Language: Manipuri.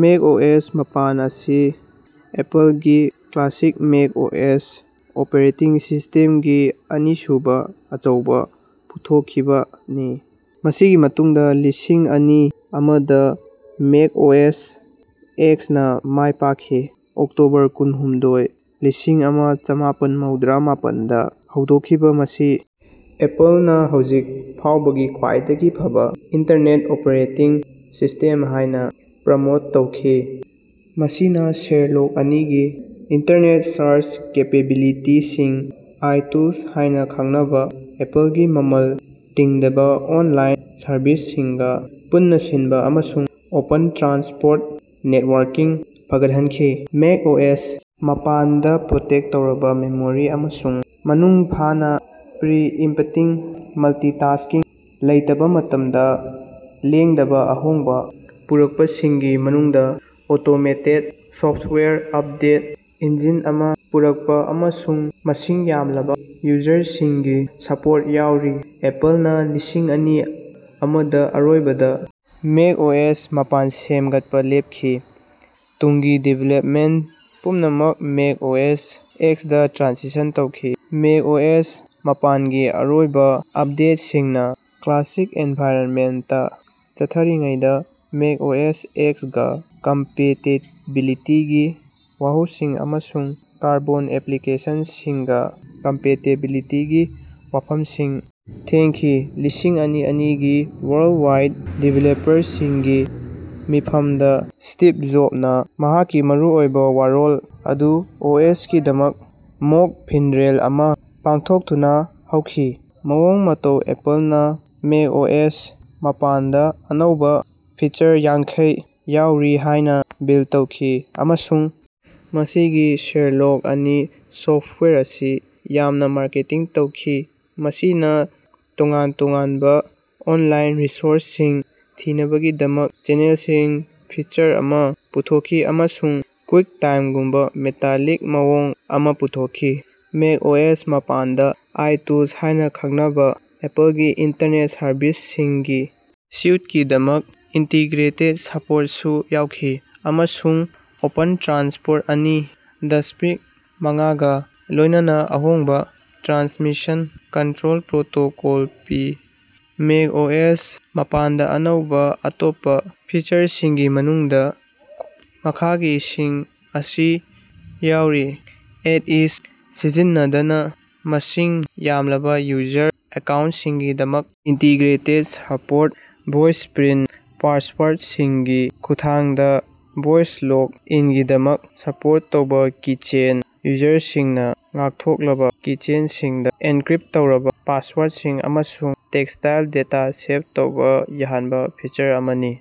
ꯃꯦꯛ ꯑꯣꯑꯦꯁ ꯃꯥꯄꯟ ꯑꯁꯤ ꯑꯦꯄꯜꯒꯤ ꯀ꯭ꯂꯥꯁꯤꯛ ꯃꯦꯛ ꯑꯣꯑꯦꯁ ꯑꯣꯄꯔꯦꯇꯤꯡ ꯁꯤꯁꯇꯦꯝꯒꯤ ꯑꯅꯤꯁꯨꯕ ꯑꯆꯧꯕ ꯄꯨꯊꯣꯛꯈꯤꯕꯅꯤ ꯃꯁꯤꯒꯤ ꯃꯇꯨꯡꯗ ꯂꯤꯁꯤꯡ ꯑꯅꯤ ꯑꯃꯗꯥ ꯃꯦꯛ ꯑꯣꯑꯦꯁ ꯑꯦꯛꯁ ꯅꯥ ꯃꯥꯏ ꯄꯥꯛꯈꯤ꯫ ꯑꯣꯛꯇꯣꯕꯔ ꯀꯨꯟꯍꯨꯝꯗꯣꯏ ꯂꯤꯁꯤꯡ ꯑꯃ ꯆꯃꯥꯄꯟ ꯃꯧꯗ꯭ꯔꯥ ꯃꯥꯄꯟꯗ ꯍꯧꯗꯣꯛꯈꯤꯕ ꯃꯁꯤ ꯑꯦꯄꯜꯅꯥ ꯍꯧꯖꯤꯛ ꯐꯥꯎꯕꯒꯤ ꯈ꯭ꯋꯥꯏꯗꯒꯤ ꯐꯕ ꯏꯟꯇꯔꯅꯦꯠ ꯑꯣꯄꯔꯦꯇꯤꯡ ꯁꯤꯁ꯭ꯇꯦꯝ ꯍꯥꯏꯅ ꯄ꯭ꯔꯃꯣꯠ ꯇꯧꯈꯤ ꯃꯁꯤꯅꯥ ꯁꯦꯔꯂꯣꯛ ꯑꯅꯤꯒꯤ ꯏꯟꯇꯔꯅꯦꯠ ꯁꯥꯔꯆ ꯀꯦꯄꯦꯕꯤꯂꯤꯇꯤꯁꯤꯡ ꯑꯥꯏꯇꯨꯜꯁ ꯍꯥꯏꯅ ꯈꯪꯅꯕ ꯑꯦꯄꯜꯒꯤ ꯃꯃꯜ ꯇꯤꯡꯗꯕ ꯑꯣꯟꯂꯥꯏꯟ ꯁꯔꯚꯤꯁꯁꯤꯡꯒꯥ ꯄꯨꯟꯁꯤꯟꯕ ꯑꯃꯁꯨꯡ ꯑꯣꯄꯟ ꯇ꯭ꯔꯥꯟꯁꯄꯣꯔꯠ ꯅꯦꯠꯋꯥꯔꯀꯤꯡ ꯐꯒꯠꯍꯟꯈꯤ꯫ ꯃꯦꯛ ꯑꯣꯑꯦꯁ ꯃꯥꯄꯟꯗ ꯄ꯭ꯔꯣꯇꯦꯛ ꯇꯧꯔꯕ ꯃꯦꯃꯣꯔꯤ ꯑꯃꯁꯨꯡ ꯃꯄꯨꯡ ꯐꯥꯅꯥ ꯄ꯭ꯔꯤ ꯏꯝꯞꯇꯤꯕ ꯃꯜꯇꯤꯇꯥꯁ꯭ꯀꯤꯡ ꯂꯩꯇꯕ ꯃꯇꯝꯗ ꯂꯦꯡꯗꯕ ꯑꯍꯣꯡꯕ ꯄꯨꯔꯛꯄꯁꯤꯡꯒꯤ ꯃꯅꯨꯡꯗ ꯑꯣꯇꯣꯃꯦꯇꯦꯗ ꯁꯣꯐ꯭ꯇꯋꯦꯌꯔ ꯑꯄꯗꯦꯠ ꯏꯟꯖꯤꯟ ꯑꯃꯥ ꯄꯨꯔꯛꯄ ꯑꯃꯁꯨꯡ ꯃꯁꯤꯡ ꯌꯥꯝꯂꯕ ꯌꯨꯖꯔꯁꯤꯡꯒꯤ ꯁꯄꯣꯔꯠ ꯌꯥꯎꯔꯤ꯫ ꯑꯦꯄꯜꯅꯥ ꯂꯤꯁꯤꯡ ꯑꯅꯤ ꯑꯃꯗꯥ ꯑꯔꯣꯏꯕꯗ ꯃꯦꯛ ꯑꯣꯑꯦꯁ ꯃꯥꯄꯟ ꯁꯦꯝꯒꯠꯄꯥ ꯂꯦꯞꯈꯤ ꯇꯨꯡꯒꯤ ꯗꯤꯕꯦꯂꯞꯃꯦꯟꯠ ꯄꯨꯝꯅꯃꯛ ꯃꯦꯛ ꯑꯣꯑꯦꯁ ꯑꯦꯛꯁ ꯗ ꯇ꯭ꯔꯥꯟꯁꯤꯁꯟ ꯇꯧꯈꯤ꯫ ꯃꯦꯛ ꯑꯣꯑꯦꯁ ꯃꯥꯄꯟꯒꯤ ꯑꯔꯣꯏꯕ ꯑꯞꯗꯦꯠꯁꯤꯡꯅ ꯀ꯭ꯂꯥꯁꯤꯛ ꯑꯦꯟꯚꯥꯏꯔꯅꯃꯦꯟꯇꯥ ꯆꯠꯊꯔꯤꯉꯩꯗ ꯃꯦꯛ ꯑꯣꯑꯦꯁ ꯑꯦꯛꯁ ꯒꯥ ꯀꯝꯄꯦꯇꯤꯕꯤꯂꯤꯇꯤꯒꯤ ꯋꯥꯍꯧꯁꯤꯡ ꯑꯃꯁꯨꯡ ꯀꯥꯔꯕꯣꯟ ꯑꯦꯄ꯭ꯂꯤꯀꯦꯁꯟꯁꯤꯡꯒꯥ ꯀꯝꯄꯦꯇꯤꯕꯤꯂꯤꯇꯤꯒꯤ ꯋꯥꯐꯝꯁꯤꯡ ꯊꯦꯡꯅꯈꯤ꯫ ꯂꯤꯁꯤꯡ ꯑꯅꯤ ꯑꯅꯤꯒꯤ ꯋꯥꯔꯜꯗꯋꯥꯏꯗ ꯗꯤꯕꯦꯂꯞꯄꯔꯁꯤꯡꯒꯤ ꯃꯤꯐꯝꯗ ꯁ꯭ꯇꯤꯚ ꯖꯣꯕꯅꯥ ꯃꯍꯥꯛꯀꯤ ꯃꯔꯨꯑꯣꯏꯕ ꯋꯥꯔꯣꯜ ꯑꯗꯨ ꯑꯣꯑꯦꯁꯀꯤꯗꯃꯛ ꯃꯣꯛ ꯐꯤꯟꯔꯦꯜ ꯑꯃꯥ ꯄꯥꯡꯊꯣꯛꯇꯨꯅꯥ ꯍꯧꯈꯤ꯫ ꯃꯑꯣꯡ ꯃꯇꯧ ꯑꯦꯄꯜꯅꯥ ꯃꯦꯛ ꯑꯣꯑꯦꯁ ꯃꯥꯄꯟꯗꯥ ꯑꯅꯧꯕ ꯐꯤꯆꯔ ꯌꯥꯡꯈꯩ ꯌꯥꯎꯔꯤ ꯍꯥꯏꯅꯥ ꯕꯤꯜ ꯇꯧꯈꯤ ꯑꯃꯁꯨꯡ ꯃꯁꯤꯒꯤ ꯁꯦꯔꯂꯣꯛ ꯑꯅꯤ ꯁꯣꯐ꯭ꯇꯋꯦꯌꯔ ꯑꯁꯤ ꯌꯥꯝꯅꯥ ꯃꯥꯔꯀꯦꯇꯤꯡ ꯇꯧꯈꯤ ꯃꯁꯤꯅꯥ ꯇꯣꯉꯥꯟ ꯇꯣꯉꯥꯟꯕ ꯑꯣꯟꯂꯥꯏꯟ ꯔꯤꯁꯣꯔꯁꯁꯤꯡ ꯊꯤꯅꯕꯒꯤꯗꯃꯛ ꯆꯦꯅꯦꯜꯁꯤꯡ ꯐꯤꯆꯔ ꯑꯃꯥ ꯄꯨꯊꯣꯛꯈꯤ ꯑꯃꯁꯨꯡ ꯀ꯭ꯋꯤꯛꯇꯥꯏꯝꯒꯨꯝꯕ ꯃꯦꯇꯥꯂꯤꯛ ꯃꯑꯣꯡ ꯑꯃꯥ ꯄꯨꯊꯣꯛꯈꯤ꯫ ꯃꯦꯛ ꯑꯣꯑꯦꯁ ꯃꯥꯄꯟꯗꯥ ꯑꯥꯏꯇꯨꯜꯁ ꯍꯥꯏꯅ ꯈꯪꯅꯕ ꯑꯦꯄꯜꯒꯤ ꯏꯟꯇꯔꯅꯦꯠ ꯁꯔꯚꯤꯁꯁꯤꯡꯒꯤ ꯁꯨꯏꯠꯀꯤꯗꯃꯛ ꯏꯟꯇꯤꯒ꯭ꯔꯦꯇꯦꯗ ꯁꯄꯣꯔꯠꯁꯨ ꯌꯥꯎꯈꯤ ꯑꯃꯁꯨꯡ ꯑꯣꯄꯟ ꯇ꯭ꯔꯥꯟꯁꯄꯣꯔꯠ ꯑꯅꯤ ꯗꯁꯃꯤꯛ ꯃꯉꯥꯒꯥ ꯂꯣꯏꯅꯅ ꯑꯍꯣꯡꯕ ꯇ꯭ꯔꯥꯟꯁꯃꯤꯁꯟ ꯀꯟꯇ꯭ꯔꯣꯜ ꯄ꯭ꯔꯣꯇꯣꯀꯣꯜ ꯄꯤ꯫ ꯃꯦꯛ ꯑꯣꯑꯦꯁ ꯃꯥꯄꯟꯗꯥ ꯑꯅꯧꯕ ꯑꯇꯣꯞꯄ ꯐꯤꯆꯔꯁꯤꯡꯒꯤ ꯃꯅꯨꯡꯗ ꯃꯈꯥꯒꯤꯁꯤꯡ ꯑꯁꯤ ꯌꯥꯎꯔꯤ ꯑꯦꯠ ꯏꯖ ꯁꯤꯖꯤꯟꯅꯗꯅꯥ ꯃꯁꯤꯡ ꯌꯥꯝꯂꯕ ꯌꯨꯖꯔ ꯑꯦꯀꯥꯎꯟꯠꯁꯤꯡꯒꯤꯗꯃꯛ ꯏꯟꯇꯤꯒ꯭ꯔꯦꯇꯦꯗ ꯁꯄꯣꯔꯠ ꯚꯣꯏꯁꯄ꯭ꯔꯤꯟꯠ ꯄꯥꯁꯋꯥꯔꯗꯁꯤꯡꯒꯤ ꯈꯨꯠꯊꯥꯡꯗ ꯚꯣꯏꯁ ꯂꯣꯒ ꯏꯟꯒꯤꯗꯃꯛ ꯁꯄꯣꯔꯠ ꯇꯧꯕ ꯀꯤꯆꯦꯟ ꯌꯨꯖꯔꯁꯤꯡꯅꯥ ꯉꯥꯛꯊꯣꯛꯂꯕ ꯀꯤꯆꯦꯟꯁꯤꯡꯗ ꯑꯦꯟꯀ꯭ꯔꯤꯞ ꯇꯧꯔꯕ ꯄꯥꯁꯋꯥꯔꯗꯁꯤꯡ ꯑꯃꯁꯨꯡ ꯇꯦꯛꯁꯇꯥꯏꯜ ꯗꯦꯇꯥ ꯁꯦꯚ ꯇꯧꯕ ꯌꯥꯍꯟꯕ ꯐꯤꯆꯔ ꯑꯃꯅꯤ꯫